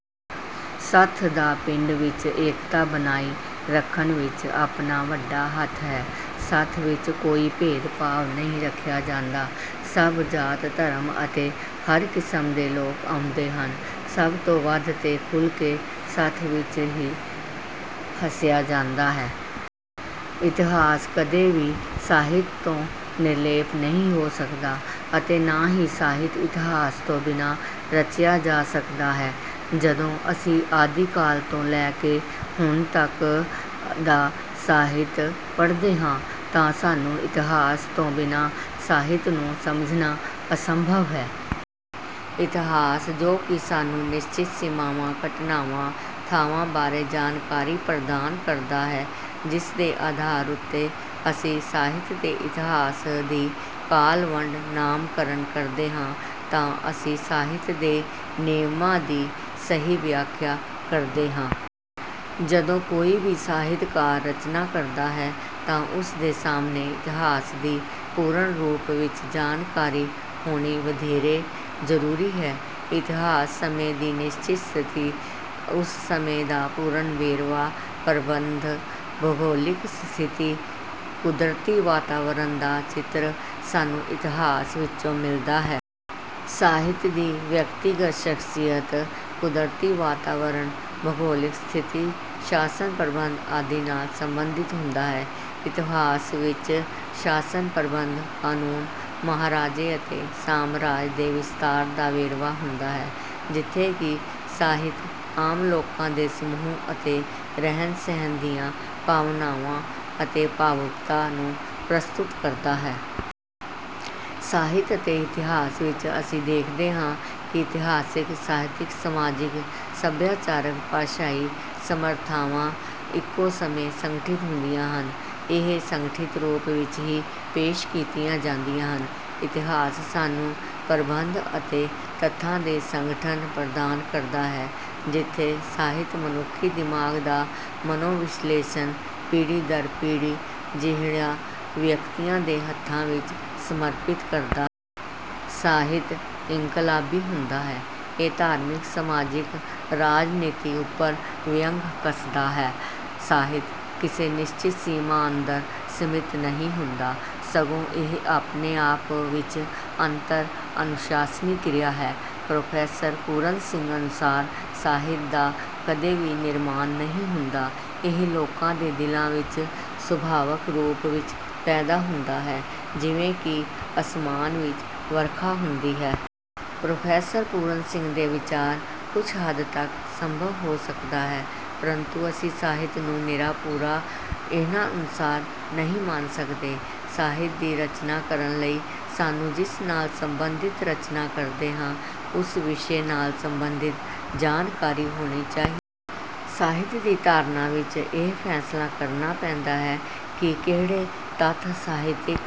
ਸੱਥ ਦਾ ਪਿੰਡ ਵਿੱਚ ਏਕਤਾ ਬਣਾਈ ਰੱਖਣ ਵਿੱਚ ਆਪਣਾ ਵੱਡਾ ਹੱਥ ਹੈ। ਸੱਥ ਵਿੱਚ ਕੋਈ ਭੇਦ ਭਾਵ ਨਹੀਂ ਰੱਖਿਆ ਜਾਂਦਾ। ਸਭ ਜਾਤ ਧਰਮ ਅਤੇ ਹਰ ਕਿਸਮ ਦੇ ਲੋਕ ਆਉਂਦੇ ਹਨ। ਸਭ ਤੋਂ ਵੱਧ ਤੇ ਖੁੱਲ੍ਹ ਕੇ ਸੱਥ ਵਿੱਚ ਹੀ ਹੱਸਿਆ ਜਾਂਦਾ ਹੈ। ਇਤਿਹਾਸ ਕਦੇ ਵੀ ਸਾਹਿਤ ਤੋਂ ਨਿਰਲੇਪ ਨਹੀਂ ਹੋ ਸਕਦਾ ਅਤੇ ਨਾ ਹੀ ਸਾਹਿਤ ਇਤਿਹਾਸ ਤੋਂ ਬਿਨਾਂ ਰਚਿਆ ਜਾ ਸਕਦਾ ਹੈ। ਜਦੋਂ ਅਸੀਂ ਆਦਿ ਕਾਲ ਤੋਂ ਲੈ ਕੇ ਹੁਣ ਤੱਕ ਦਾ ਸਾਹਿਤ ਪੜ੍ਹਦੇ ਹਾਂ ਤਾਂ ਸਾਨੂੰ ਇਤਿਹਾਸ ਤੋਂ ਬਿਨਾਂ ਸਾਹਿਤ ਨੂੰ ਸਮਝਣਾ ਅਸੰਭਵ ਹੈ। ਇਤਿਹਾਸ ਜੋ ਕਿ ਸਾਨੂੰ ਨਿਸ਼ਚਿਤ ਸੀਮਾਵਾਂ ਘਟਨਾਵਾਂ ਥਾਵਾਂ ਬਾਰੇ ਜਾਣਕਾਰੀ ਪ੍ਰਦਾਨ ਕਰਦਾ ਹੈ ਜਿਸ ਦੇ ਆਧਾਰ ਉੱਤੇ ਅਸੀਂ ਸਾਹਿਤ ਦੇ ਇਤਿਹਾਸ ਦੀ ਕਾਲਵੰਡ ਨਾਮਕਰਣ ਕਰਦੇ ਹਾਂ ਤਾਂ ਅਸੀਂ ਸਾਹਿਤ ਦੇ ਨਿਯਮਾਂ ਦੀ ਸਹੀ ਵਿਆਖਿਆ ਕਰਦੇ ਹਾਂ। ਜਦੋਂ ਕੋਈ ਵੀ ਸਾਹਿਤਕਾਰ ਰਚਨਾ ਕਰਦਾ ਹੈ ਤਾਂ ਉਸਦੇ ਸਾਹਮਣੇ ਇਤਿਹਾਸ ਦੀ ਪੂਰਨ ਰੂਪ ਵਿੱਚ ਜਾਣਕਾਰੀ ਹੋਣੀ ਵਧੇਰੇ ਜਰੂਰੀ ਹੈ। ਇਤਿਹਾਸ ਸਮੇਂ ਦੀ ਨਿਸ਼ਚਿਤ ਸਥਿਤੀ ਉਸ ਸਮੇਂ ਦਾ ਪੂਰਨ ਵੇਰਵਾ ਪ੍ਰਬੰਧ ਭੂਗੋਲਿਕ ਸਥਿਤੀ ਕੁਦਰਤੀ ਵਾਤਾਵਰਣ ਦਾ ਚਿੱਤਰ ਸਾਨੂੰ ਇਤਿਹਾਸ ਵਿੱਚੋਂ ਮਿਲਦਾ ਹੈ। ਸਾਹਿਤ ਵੀ ਵਿਅਕਤੀਗਤ ਸ਼ਖਸੀਅਤ ਕੁਦਰਤੀ ਵਾਤਾਵਰਣ ਭੂਗੋਲਿਕ ਸਥਿਤੀ ਸ਼ਾਸਨ ਪ੍ਰਬੰਧ ਆਦਿ ਨਾਲ ਸੰਬੰਧਿਤ ਹੁੰਦਾ ਹੈ। ਇਤਿਹਾਸ ਵਿੱਚ ਸ਼ਾਸਨ ਪ੍ਰਬੰਧ ਕਾਨੂੰਨ ਮਹਾਰਾਜੇ ਅਤੇ ਸਾਮਰਾਜ ਦੇ ਵਿਸਤਾਰ ਦਾ ਵੇਰਵਾ ਹੁੰਦਾ ਹੈ ਜਿੱਥੇ ਕਿ ਸਾਹਿਤ ਆਮ ਲੋਕਾਂ ਦੇ ਸਮੂਹ ਅਤੇ ਰਹਿਣ ਸਹਿਣ ਦੀਆਂ ਭਾਵਨਾਵਾਂ ਅਤੇ ਭਾਵੁਕਤਾ ਨੂੰ ਪ੍ਰਸਤੁਤ ਕਰਦਾ ਹੈ। ਸਾਹਿਤ ਅਤੇ ਇਤਿਹਾਸ ਵਿੱਚ ਅਸੀਂ ਦੇਖਦੇ ਹਾਂ ਕਿ ਇਤਿਹਾਸਿਕ ਸਾਹਿਤਕ ਸਮਾਜਿਕ ਸੱਭਿਆਚਾਰਕ ਭਾਸ਼ਾਈ ਸਮਰੱਥਾਵਾਂ ਇੱਕੋ ਸਮੇਂ ਸੰਗਠਿਤ ਹੁੰਦੀਆਂ ਹਨ ਇਹ ਸੰਗਠਿਤ ਰੂਪ ਵਿੱਚ ਹੀ ਪੇਸ਼ ਕੀਤੀਆਂ ਜਾਂਦੀਆਂ ਹਨ। ਇਤਿਹਾਸ ਸਾਨੂੰ ਪ੍ਰਬੰਧ ਅਤੇ ਤੱਥਾਂ ਦੇ ਸੰਗਠਨ ਪ੍ਰਦਾਨ ਕਰਦਾ ਹੈ ਜਿੱਥੇ ਸਾਹਿਤ ਮਨੁੱਖੀ ਦਿਮਾਗ ਦਾ ਮਨੋਵਿਸ਼ਲੇਸ਼ਣ ਪੀੜ੍ਹੀ ਦਰ ਪੀੜ੍ਹੀ ਜਿਹੜਾ ਵਿਅਕਤੀਆਂ ਦੇ ਹੱਥਾਂ ਵਿੱਚ ਸਮਰਪਿਤ ਕਰਦਾ ਹੈ। ਸਾਹਿਤ ਇਨਕਲਾਬੀ ਹੁੰਦਾ ਹੈ। ਇਹ ਧਾਰਮਿਕ ਸਮਾਜਿਕ ਰਾਜਨੀਤੀ ਉੱਪਰ ਵਿਅੰਗ ਕੱਸਦਾ ਹੈ। ਸਾਹਿਤ ਕਿਸੇ ਨਿਸ਼ਚਿਤ ਸੀਮਾ ਅੰਦਰ ਸੀਮਿਤ ਨਹੀਂ ਹੁੰਦਾ ਸਗੋਂ ਇਹ ਆਪਣੇ ਆਪ ਵਿੱਚ ਅੰਤਰ ਅਨੁਸ਼ਾਸਨੀ ਕਿਰਿਆ ਹੈ। ਪ੍ਰੋਫੈਸਰ ਪੂਰਨ ਸਿੰਘ ਅਨੁਸਾਰ ਸਾਹਿਤ ਦਾ ਕਦੇ ਵੀ ਨਿਰਮਾਣ ਨਹੀਂ ਹੁੰਦਾ ਇਹ ਲੋਕਾਂ ਦੇ ਦਿਲਾਂ ਵਿੱਚ ਸੁਭਾਵਕ ਰੂਪ ਵਿੱਚ ਪੈਦਾ ਹੁੰਦਾ ਹੈ ਜਿਵੇਂ ਕਿ ਆਸਮਾਨ ਵਿੱਚ ਵਰਖਾ ਹੁੰਦੀ ਹੈ। ਪ੍ਰੋਫੈਸਰ ਪੂਰਨ ਸਿੰਘ ਦੇ ਵਿਚਾਰ ਕੁੱਝ ਹੱਦ ਤੱਕ ਸੰਭਵ ਹੋ ਸਕਦਾ ਹੈ ਪਰੰਤੂ ਅਸੀਂ ਸਾਹਿਤ ਨੂੰ ਨਿਰਾ ਪੂਰਾ ਇਹਨਾਂ ਅਨੁਸਾਰ ਨਹੀਂ ਮੰਨ ਸਕਦੇ। ਸਾਹਿਤ ਦੀ ਰਚਨਾ ਕਰਨ ਲਈ ਸਾਨੂੰ ਜਿਸ ਨਾਲ ਸੰਬੰਧਿਤ ਰਚਨਾ ਕਰਦੇ ਹਾਂ ਉਸ ਵਿਸ਼ੇ ਨਾਲ ਸੰਬੰਧਿਤ ਜਾਣਕਾਰੀ ਹੋਣੀ ਚਾਹੀਦੀ ਹੈ। ਸਾਹਿਤ ਦੀ ਧਾਰਨਾ ਵਿੱਚ ਇਹ ਫੈਸਲਾ ਕਰਨਾ ਪੈਂਦਾ ਹੈ ਕਿ ਕਿਹੜੇ ਤੱਥ ਸਾਹਿਤਕ